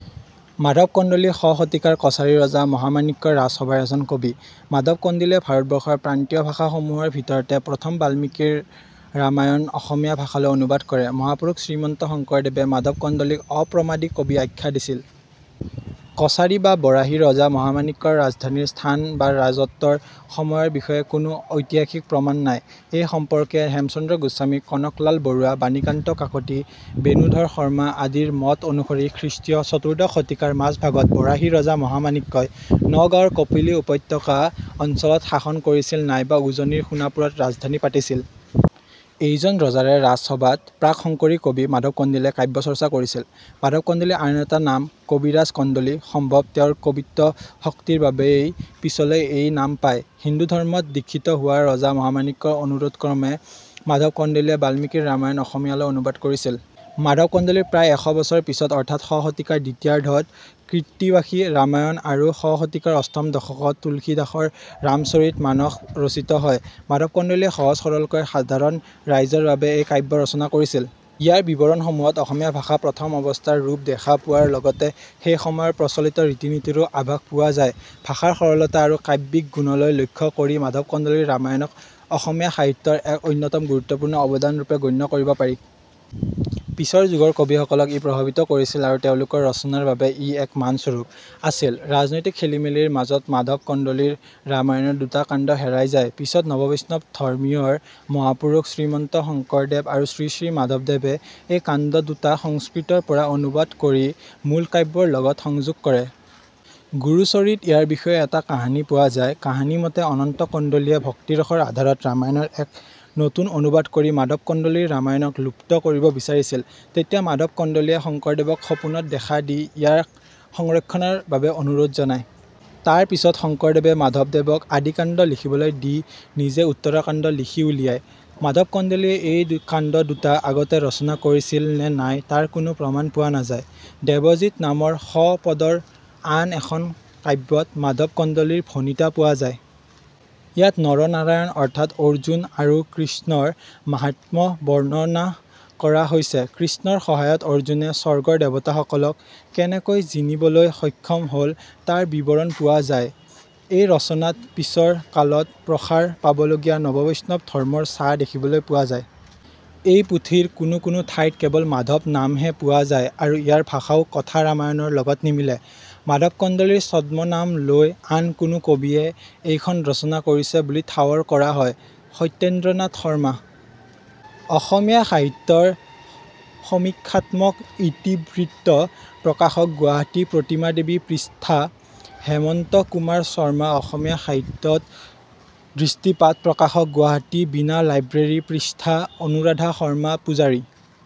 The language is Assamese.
মাধৱ কন্দলি শ শতিকাৰ কছাৰী ৰজা মহামাণিক্যৰ ৰাজসভাৰ এজন কবি। মাধৱ কন্দলিয়ে ভাৰতবৰ্ষৰ প্ৰান্তীয় ভাষা সমুহৰ ভিতৰতে প্ৰথম বাল্মীকি ৰ ৰামায়ণ অসমীয়া ভাষালৈ অনুবাদ কৰে। মহাপুৰুষ শ্ৰীমন্ত শঙ্কৰদেৱে মাধৱ কন্দলিক "অপ্ৰমাদী কবি" আখ্যা দিছিল। কছাৰী বা বৰাহী ৰজা মহামাণিক্যৰ ৰাজধানীৰ স্থান বা ৰাজত্বৰ সময়ৰ বিষয়ে কোনো ঐতিহাসিক প্ৰমাণ নাই। এই সম্পৰ্কে হেমচন্দ্ৰ গোস্বামী, কনকলাল বৰুৱা, বাণীকান্ত কাকতি, বেণুধৰ শৰ্মা আদিৰ মত অনুসৰি খৃষ্টীয় চতুৰ্দশ শতিকাৰ মাজভাগত বৰাহী ৰজা মহামাণিক্যই নগাঁৱ ৰ কপিলী উপত্যকা অঞ্চলত শাসন কৰিছিল নাইবা উজনিৰ সোণাপুৰত ৰাজধানী পাতিছিল। এইজন ৰজাৰে ৰাজসভাত প্ৰাক্-শঙ্কৰী কবি মাধৱ কন্দলিয়ে কাব্য চৰ্চা কৰিছিল। মাধৱ কন্দলিৰ আন এটা নাম "কবিৰাজ কন্দলি", সম্ভৱ তেওঁৰ কবিত্ব শক্তিৰ বাবেই পিছলৈ এই নাম পায়। হিন্দু ধৰ্ম ত দিক্ষিত হোৱা ৰজা মহামাণিক্যৰ অনুৰোধক্ৰমে মাধৱ কন্দলিয়ে বাল্মীকিৰ ৰামায়ণ অসমীয়ালৈ অনুবাদ কৰিছিল। মাধৱ কন্দলিৰ প্ৰায় এশ বছৰ পিছত অৰ্থাৎ শ শতিকাৰ দ্বিতীয়াৰ্ধত ' কৃত্তিবাসী ৰামায়ণ ' আৰু শ শতিকাৰ অষ্টম দশকত তুলসীদাস ৰ ' ৰাম-চৰিত মানস ' ৰচিত হয়। মাধৱ কন্দলিয়ে সহজ-সৰলকৈ সাধাৰণ ৰাইজৰ বাবে এই কাব্য ৰচনা কৰিছিল। ইয়াৰ বিৱৰণসমূহত অসমীয়া ভাষা প্ৰথম অৱস্থাৰ ৰূপ দেখা পোৱাৰ লগতে সেইসময়ৰ প্ৰচলিত ৰীতি-নীতিৰো আভাস পোৱা যায়। ভাষাৰ সৰলতা আৰু কাব্যিক গুণলৈ লক্ষ্য কৰি মাধৱ কন্দলিৰ ৰামায়ণক অসমীয়া সাহিত্য ৰ এক অন্যতম গুৰুত্বপূৰ্ণ অৱদানৰূপে গণ্য কৰিব পাৰি। পিছৰ যুগৰ কবিসকলক ই প্ৰভাৱিত কৰিছিল আৰু তেওঁলোকৰ ৰচনাৰ বাবে ই এক মানস্বৰূপ আছিল। ৰাজনৈতিক খেলিমেলিৰ মাজত মাধৱ কন্দলিৰ ৰামায়ণৰ দুটা কাণ্ড হেৰাই যায়। পিছত নৱবৈষ্ণৱ ধৰ্মীয় ৰ মহাপুৰুষ শ্ৰীমন্ত শঙ্কৰদেৱ আৰু শ্ৰীশ্ৰী মাধৱদেৱে এই কাণ্ড দুটা সংস্কৃত ৰ পৰা অনুবাদ কৰি মূল কাব্যৰ লগত সংযোগ কৰে। " গুৰু-চৰিত " ইয়াৰ বিষয়ে এটা কাহিনী পোৱা যায়। কাহিনীমতে অনন্ত কন্দলি য়ে ভক্তিৰসৰ আধাৰত ৰামায়ণৰ এক নতুন অনুবাদ কৰি মাধৱ কন্দলিৰ ৰামায়ণক লুপ্ত কৰিব বিচাৰিছিল। তেতিয়া মাধৱ কন্দলিয়ে শঙ্কৰদেৱক সপোনত দেখা দি ইয়াৰ সংৰক্ষণৰ বাবে অনুৰোধ জনায়। তাৰ পিছত শঙ্কৰদেৱে মাধৱদেৱক আদিকাণ্ড লিখিবলৈ দি নিজে উত্তৰাকাণ্ড লিখি উলিয়ায়। মাধৱ কন্দলিয়ে এই কাণ্ড দুটা আগতে ৰচনা কৰিছিল নে নাই তাৰ কোনো প্ৰমাণ পোৱা নাযায়। "দেৱজিৎ" নামৰ শ পদৰ আন এখন কাব্যত মাধৱ কন্দলিৰ ভণিতা পোৱা যায়। ইয়াত নৰনাৰায়ণ অৰ্থাৎ অৰ্জুন আৰু কৃষ্ণ ৰ মাহাত্ম্য বৰ্ণনা কৰা হৈছে। কৃষ্ণৰ সহায়ত অৰ্জুনে স্বৰ্গৰ দেৱতাসকলক কেনেকৈ জিনিবলৈ সক্ষম হ'ল তাৰ বিৱৰণ পোৱা যায়। এই ৰচনাত পিছৰ কালত প্ৰসাৰ পাবলগীয়া নৱবৈষ্ণৱ ধৰ্মৰ ছাঁ দেখিবলৈ পোৱা যায়। এই পুথিৰ কোনো কোনো ঠাইত কেৱল 'মাধৱ' নামহে পোৱা যায় আৰু ইয়াৰ ভাষাও 'কথা-ৰামায়ণ'ৰ লগত নিমিলে। মাধৱ কন্দলিৰ ছদ্মনাম লৈ আন কোনো কবিয়ে এইখন ৰচনা কৰিছে বুলি ঠাৱৰ কৰা হয়। ↑ সত্যেন্দ্ৰনাথ শৰ্মা. অসমীয়া সাহিত্যৰ সমীক্ষাত্মক ইতিবৃত্ত. প্ৰকাশক গুৱাহাটী: প্ৰতিমা দেৱী. পৃষ্ঠা. -.↑ হেমন্ত কুমাৰ শৰ্মা. অসমীয়া সাহিত্যত দৃষ্টিপাত. প্ৰকাশক গুৱাহাটী: বীণা লাইব্ৰেৰী. পৃষ্ঠা.. অনুৰাধা শৰ্মা পূজাৰী।